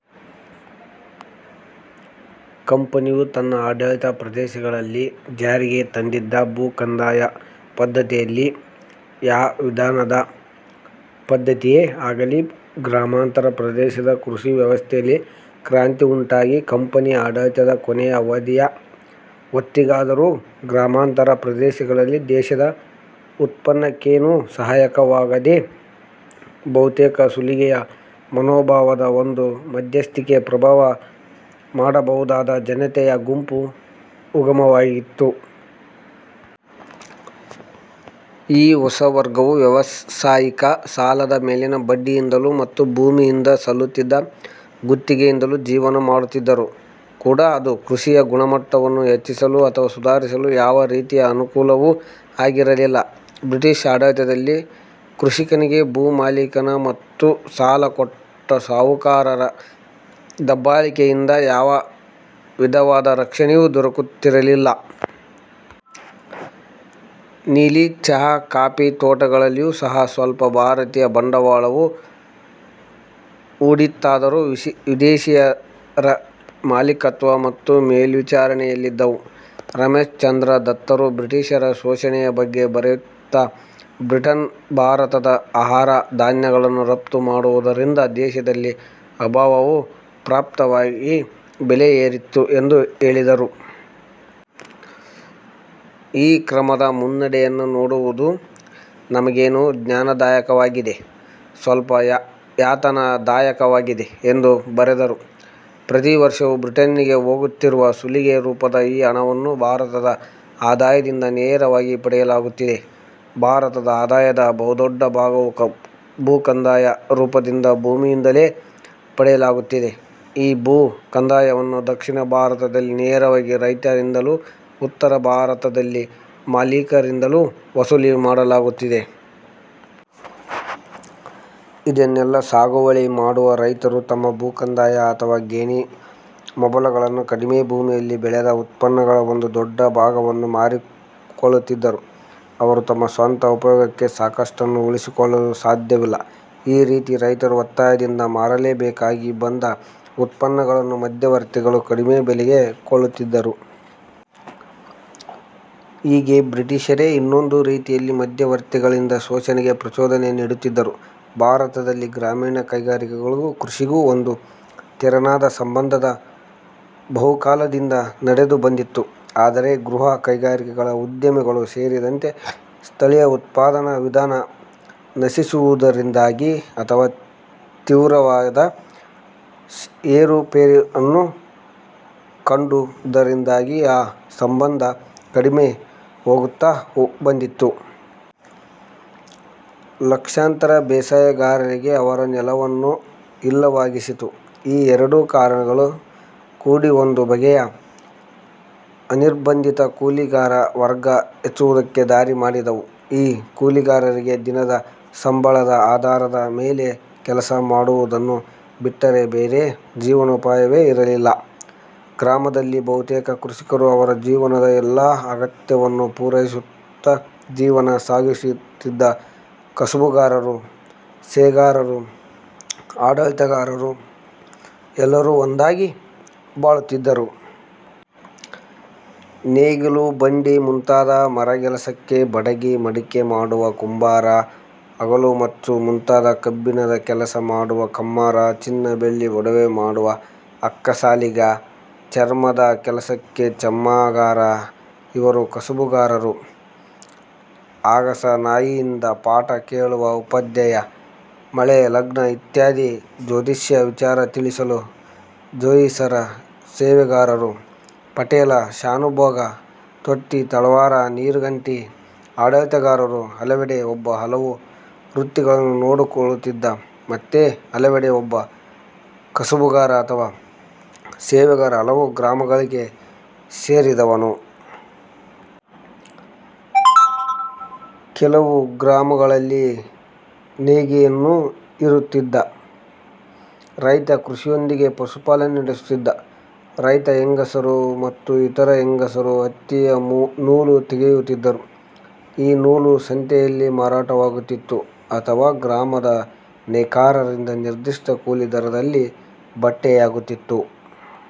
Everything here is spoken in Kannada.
ಕಂಪನಿಯು ತನ್ನ ಆಡಳಿತದ ಪ್ರದೇಶಗಳಲ್ಲಿ ಜಾರಿಗೆ ತಂದಿದ್ದ ಭೂ ಕಂದಾಯ ಪದ್ಧತಿಗಳಲ್ಲಿ ಯಾ ವಿಧವಾದ ಪದ್ಧತಿಯೇ ಆಗಲಿ ಗ್ರಾಮಾಂತರ ಪ್ರದೇಶದ ಕೃಷಿ ವ್ಯವಸ್ಥೆಯಲ್ಲಿ ಕ್ರಾಂತಿಯುಂಟಾಗಿ ಕಂಪನಿ ಆಡಳಿತದ ಕೊನೆಯ ಅವಧಿಯ ಹೊತ್ತಿಗಾದರೂ ಗ್ರಾಮಾಂತರ ಪ್ರದೇಶಗಳಲ್ಲಿ ದೇಶದ ಉತ್ಪನ್ನಕ್ಕೇನೂ ಸಹಾಯಕವಾಗದೆ ಬಹುತೇಕ ಸುಲಿಗೆಯ ಮನೋಭಾವದ ಒಂದು ಮಧ್ಯಸ್ಥಿಕೆ ಪ್ರಭಾವ ಮಡಬಹುದಾದ ಜನತೆಯ ಗುಂಪು ಉಗಮವಾಗಿತ್ತು. ಈ ಹೊಸ ವರ್ಗವು ವ್ಯವಸಾಯಿಕ ಸಾಲದ ಮೇಲಿನ ಬಡ್ಡಿಯಿಂದಲೂ ಮತ್ತು ಭೂಮಿಯಿಂದ ಸಲ್ಲುತ್ತಿದ್ದ ಗುತ್ತಿಗೆಯಿಂದಲೂ ಜೀವನ ಮಾಡುತ್ತಿದ್ದರೂ ಕೂಡ ಅದು ಕೃಷಿಯ ಗುಣಮಟ್ಟವನ್ನು ಹೆಚ್ಚಿಸಲು ಅಥವಾ ಸುಧಾರಿಸಲು ಯಾವ ರೀತಿಯ ಅನುಕೂಲವೂ ಆಗಿರಲಿಲ್ಲ. ಬ್ರಿಟಿಷ್ ಆಡಳಿತದಲ್ಲಿ ಕೃಷಿಕನಿಗೆ ಭೂ ಮಾಲೀಕನ ಮತ್ತು ಸಾಲ ಕೊಟ್ಟ ಸಾಹುಕಾರನ ದಬ್ಬಾಳಿಕೆಯಿಂದ ಯಾವ ವಿಧವಾದ ರಕ್ಷಣೆಯೂ ದೊರಕುತ್ತಿರಲಿಲ್ಲ. ನೀಲಿ, ಚಹ, ಕಾಫಿ ತೋಟಗಳಲ್ಲಿಯೂ ಸಹ ಸ್ವಲ್ಪ ಭಾರತೀಯ ಬಂಡವಾಳವು ಹೂಡಿತ್ತಾದರೂ ವಿದೇಶೀಯರ ಮಾಲೀಕತ್ವ ಮತ್ತು ಮೇಲ್ವಿಚಾರಣೆಯಲ್ಲಿದ್ದವು. ರಮೇಶ್ ಚಂದ್ರ ದತ್ತರು ಬ್ರಿಟಿಷರ ಶೋಷಣೆಯ ಬಗ್ಗೆ ಬರೆಯುತ್ತ ಬ್ರಿಟನ್ ಭಾರತದ ಆಹಾರ ಧಾನ್ಯಗಳನ್ನು ರಫ್ತು ಮಾಡುವುದರಿಂದ ದೇಶದಲ್ಲಿ ಅಭಾವವು ಪ್ರಾಪ್ತವಾಗಿ ಬೆಲೆ ಏರಿತು ಎಂದು ಹೇಳಿದರು. ಈ ಕ್ರಮದ ಮುನ್ನಡೆಯನ್ನು ನೋಡುವುದು ನಮಗೇನು ಜ್ಞಾನದಾಯಕವಾಗದೆ, ಸ್ವಲ್ಪ ಯಾತನದಾಯಕವಾಗಿದೆ ಎಂದು ಬರೆದರು. ಪ್ರತಿವರ್ಷವೂ ಬ್ರಿಟನ್ನಿಗೆ ಹೋಗುತ್ತಿರುವ ಸುಲಿಗೆ ರೂಪದ ಈ ಹಣವನ್ನು ಭಾರತದ ಆದಾಯದಿಂದ ನೇರವಾಗಿ ಪಡೆಯಲಾಗುತ್ತಿದೆ. ಭಾರತದ ಆದಾಯದ ಬಹುದೊಡ್ಡ ಭಾಗವು ಭೂಕಂದಾಯ ರೂಪದಿಂದ ಭೂಮಿಯಿಂದಲೇ ಪಡೆಯಲಾಗುತ್ತಿದೆ. ಈ ಭೂ ಕಂದಾಯವನ್ನು ದಕ್ಷಿಣ ಭಾರತದಲ್ಲಿ ನೇರವಾಗಿ ರೈತರಿಂದಲೂ, ಉತ್ತರ ಭಾರತದಲ್ಲಿ ಭೂಮಾಲೀಕರಿಂದಲೂ ವಸೂಲಿ ಮಾಡಲಾಗುತ್ತಿದೆ. ಇದನ್ನೆಲ್ಲ ಸಾಗುವಳಿ ಮಾಡುವ ರೈತರು ತಮ್ಮ ಭೂಕಂದಾಯ ಅಥವಾ ಗೇಣಿ ಮೊಬಲಗನ್ನು ಕಡಿಮೆ ಭೂಮಿಯಲ್ಲಿ ಬೆಳೆದ ಉತ್ಪನ್ನಗಳ ಒಂದು ಡೊಡ್ಡ ಭಾಗವನ್ನು ಮಾರಿ ಕೊಡುತ್ತಿದ್ದರು. ಅವರು ತಮ್ಮ ಸ್ವಂತ ಉಪಯೋಗಕ್ಕೆ ಸಾಕಷ್ಟನ್ನು ಉಳಿಸಿಕೊಳ್ಳಲು ಸಾಧ್ಯವಿಲ್ಲ. ಈ ರೀತಿ ರೈತರು ಒತ್ತಾಯದಿಂದ ಮಾರಲೇಬೇಕಾಗಿ ಬಂದ ಉತ್ಪನ್ನಗಳನ್ನು ಮಧ್ಯವರ್ತಿಗಳು ಕಡಿಮೆ ಬೆಲೆಗೆ ಕೊಳ್ಳುತ್ತಿದ್ದರು. ಹೀಗೆ ಬ್ರಿಟಿಷರೇ ಇನ್ನೊಂದು ರೀತಿಯಲ್ಲಿ ಮಧ್ಯವರ್ತಿಗಳಿಂದ ಶೋಷಣೆಗೆ ಪ್ರಚೋದನೆ ನೀಡುತ್ತಿದ್ದರು. ಭಾರತದಲ್ಲಿ ಗ್ರಾಮೀಣ ಕೈಗಾರಿಕೆಳಿಗೂ ಕೃಷಿಗೂ ಒಂದು ತೆರನಾದ ಸಂಬಂಧ ಬಹುಕಾಲದಿಂದ ನಡೆದು ಬಂದಿತ್ತು. ಆದರೆ ಗೃಹ ಕೈಗಾರಿಕೆಗಳ ಉದ್ಯಮಗಳು ಸೇರಿದಂತೆ ಸ್ಥಳೀಯ ಉತ್ಪಾದನಾ ವಿಧಾನ ನಶಿಸಿದುದರಿಂದಾಗಿ ಅಥವಾ ತೀವ್ರವಾದ ಏರುಪೇರನ್ನು ಕಂಡುದರಿಂದಾಗಿ ಆ ಸಂಬಂಧ ಕಡಿದು ಹೋಗುತ್ತ ಬಂದಿತು. ಲಕ್ಷಾಂತರ ಬೇಸಾಯಗಾರರಿಗೆ ಅವರ ನೆಲವನ್ನು ಇಲ್ಲವಾಗಿಸಿತ್ತು. ಈ ಎರಡು ಕಾರಣಗಳೂ ಕೂಡಿ ಒಂದು ಬಗೆಯ ಅನಿರ್ಬಂಧಿತ ಕೂಲಿಗಾರ ವರ್ಗ ಹೆಚ್ಚುವುದಕ್ಕೆ ದಾರಿ ಮಾಡಿದವು. ಈ ಕೂಲಿಗಾರರಿಗೆ ದಿನದ ಸಂಬಳದ ಆಧಾರದ ಮೇಲೆ ಕೆಲಸ ಮಾಡುವುದನ್ನು ಬಿಟ್ಟರೆ ಬೇರೆ ಜೀವನೋಪಾಯವೇ ಇರಲಿಲ್ಲ. ಗ್ರಾಮದಲ್ಲಿ ಬಹುತೇಕ ಕೃಷಿಕರು ಅವರ ಜೀವನದ ಎಲ್ಲ ಅಗತ್ಯವನ್ನು ಪೂರೈಸುತ್ತ ಜೀವನ ಸಾಗಿಸುತ್ತಿದ್ದ ಕಸುಬುಗಾರರು, ಸೇಗಾರರು, ಆಡಳಿತಗಾರರು ಎಲ್ಲರೂ ಒಂದಾಗಿ ಬಾಳುತ್ತಿದ್ದರು. ನೇಗಿಲು, ಬಂಡಿ ಮುಂತಾದ ಮರಗೆಲಸಕ್ಕೆ ಬಡಗಿ, ಮಡಕೆ ಮಾಡುವ ಕುಂಬಾರ, ಅಲಗು ಮಚ್ಚು ಮುಂತಾದ ಕಬ್ಬಿಣದ ಕೆಲಸ ಮಾಡುವ ಕಮ್ಮಾರ, ಚಿನ್ನ, ಬೆಳ್ಳಿ ಒಡವೆ ಮಾಡುವ ಅಕ್ಕಸಾಲಿಗ, ಚರ್ಮದ ಕೆಲಸಕ್ಕೆ ಚರ್ಮಗಾರ ಇವರು ಕಸುಬುಗಾರರು. ಅಗಸ, ನಾಯಿಂದ, ಪಾಠ ಹೇಳುವ ಉಪಾಧ್ಯಾಯ, ಮಳೆ ಲಗ್ನ ಇತ್ಯಾದಿ ಜ್ಯೋತಿಷ್ಯ ವಿಚಾರ ತಿಳಿಸಲು ಜೋಯಿಸ ಸೇವೆಗಾರರು, ಪಟೇಲ, ಶ್ಯಾನುಭೋಗ, ತೋಟಿ, ತಳವಾರ, ನೀರುಗಂಟಿ ಆಡಳಿತಗಾರರು, ಹಲವೆಡೆ ಒಬ್ಬ ಹಲವು ವೃತ್ತಿಗಳನ್ನು ನೋಡಿಕೊಳ್ಳುತ್ತಿದ್ದ, ಮತ್ತೆ ಹಲವೆಡೆ ಒಬ್ಬ ಕಸಬುಗಾರ ಅಥವಾ ಸೇವೆಗಾರ ಹಲವು ಗ್ರಾಮಗಳಿಗೆ ಸೇರಿದವನು. ಕೆಲವು ಗ್ರಾಮಗಳಲ್ಲಿ ನೇಯ್ಗೆಯನೂ ಇರುತ್ತಿದ್ದ. ರೈತ ಕೃಷಿಯೊಂದಿಗೆ ಪಶುಪಾಲನೆ ನಡೆಸುತ್ತಿದ್ದ. ರೈತ ಹೆಂಗಸರು ಮತ್ತು ಇತರ ಹೆಂಗಸರು ಹತ್ತಿಯ ಮೂಲು ತೆಗೆಯುತ್ತಿದ್ದರು. ಈ ನೂಲು ಸಂತೆಯಲ್ಲಿ ಮಾರಾಟವಾಗುತ್ತಿತ್ತು ಅಥವಾ ಗ್ರಾಮದ ನೇಕಾರರಿಂದ ನಿರ್ದಿಷ್ಟ ಕೂಲಿ ದರದಲ್ಲಿ ಬಟ್ಟೆಯಾಗುತ್ತಿತ್ತು.